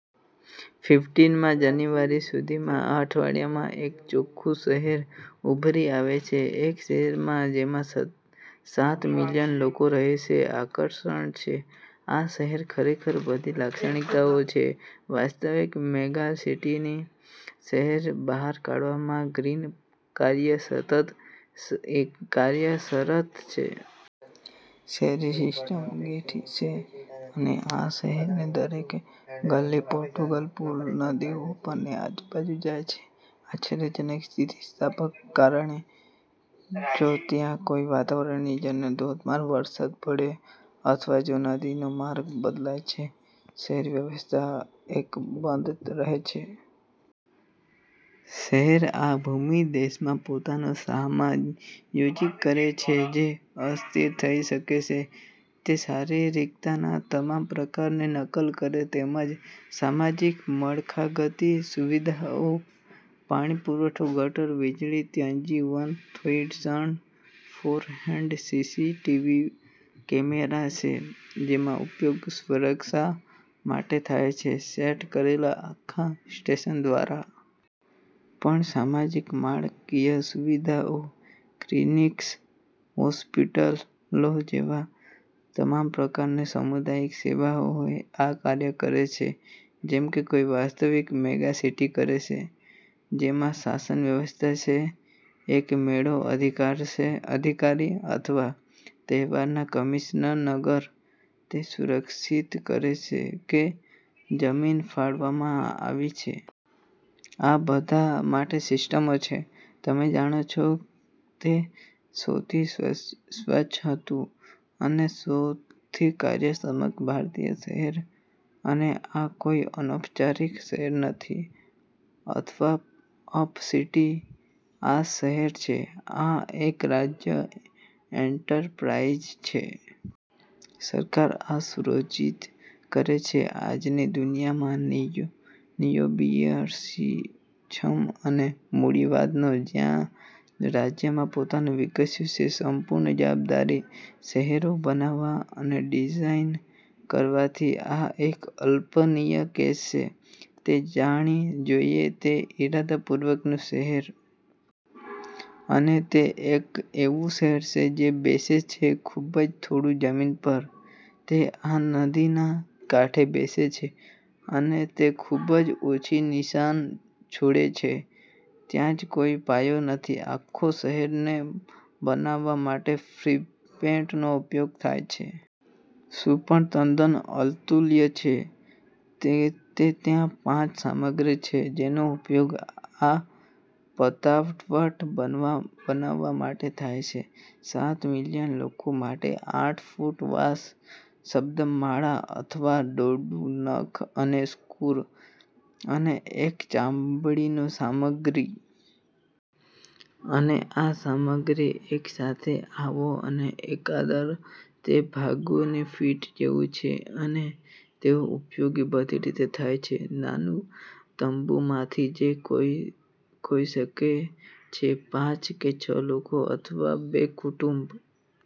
ફિફટિનમી જાન્યુઆરી સુધી આ અઠવાડિયામાં એક આખું શહેર ઉભરી આવે છે. એક શહેર જેમાં સાત મિલિયન લોકો રહે છે. આકર્ષક છે આ શહેર. ખરેખર બધી લાક્ષણિકતાઓ છે વાસ્તવિક મેગાસિટીની. શહેરને બહાર કાઢવા માટે ગ્રીડ કાર્ય શરત છે. શહેરી સિસ્ટમ ગ્રીડ છે અને આ શહેરની દરેક ગલી પોન્ટૂન પુલ પર નદીની આજુબાજુ જાય છે. આશ્ચર્યજનક સ્થિતિસ્થાપક કારણ કે જો ત્યાં કોઈ વાતાવરણીય ધોધમાર વરસાદ પડે છે અથવા જો નદીનો માર્ગ બદલાય છે, શહેરી વ્યવસ્થા અકબંધ રહે છે. શહેર આ ભૂપ્રદેશમાં પોતાને સમાયોજિત કરે છે જે અસ્થિર થઈ શકે છે. તે શારીરિકના તમામ પ્રકારોની નકલ કરે છે તેમજ સામાજિક, માળખાગત સુવિધાઓ. પાણી પુરવઠો, ગટર, વીજળી, ત્યાં one thousand four hundred CCTV camera છે જેનો ઉપયોગ સુરક્ષા માટે થાય છે સેટ કરેલ આખા સ્ટેશન દ્વારા. પણ સામાજિક માળખાકીય સુવિધાઓ, ક્લિનિક્સ, હોસ્પિટલો જેવા તમામ પ્રકારની સમુદાય સેવાઓ કે આ કાર્ય કરે છે જેમ કે કોઈ વાસ્તવિક મેગાસિટી કરશે. તેમાં શાસન વ્યવસ્થા છે, એક મેળો અધિકારી, અથવા તહેવારના કમિશનર. તે સુનિશ્ચિત કરે છે કે જમીન ફાળવવામાં આવી છે. આ બધા માટે સિસ્ટમો છે. તમે જાણો છો તે સૌથી સ્વચ્છ હતું અને સૌથી કાર્યક્ષમ ભારતીય શહેર અને આ કોઈ અનૌપચારિક શહેર નથી અથવા પ-અપ સિટી. આ શહેર છે. આ એક રાજ્ય એન્ટરપ્રાઇઝ છે. સરકાર આ સુયોજિત કરે છે. આજની દુનિયામાં નિયોલિબેરલિઝમ અને મૂડીવાદનો જ્યાં રાજ્ય પોતાનું વિકસ્યું છે સંપૂર્ણ જવાબદારી શહેરો બનાવવા અને ડિઝાઇન કરવાથી, આ એક અલ્પનીય કેસ છે. તે જાણી જોઈને છે ઇરાદાપૂર્વકનું શહેર. અને તે એક એવું શહેર છે જે બેસે છે ખૂબ થોડું જમીન પર. તે આ નદીઓના કાંઠે બેસે છે અને તે ખૂબ જ ઓછી નિશાન છોડે છે. ત્યાં કોઈ પાયો નથી. આખા શહેરને બનાવવા માટે ફેબ્રિકનો ઉપયોગ થાય છે. શું પણ તદ્દન અતુલ્ય છે તે છે કે ત્યાં પાંચ સામગ્રી છે જેનો ઉપયોગ આ પતાવટ બનાવવા માટે થાય છે સાત મિલિયન લોકો માટે આઠ ફૂટ વાંસ, શબ્દમાળા અથવા દોરડું, નખ અથવા સ્ક્રૂ અને એક ચામડીની સામગ્રી. અને આ સામગ્રી એક સાથે આવો અને એકંદર. તે ભાગોની ફીટ જેવું છે. અને તેનો ઉપયોગ બધી રીતે થાય છે નાના તંબુમાંથી જે હોઈ શકે છે પાંચ કે છ લોકો, અથવા એક કુટુંબ.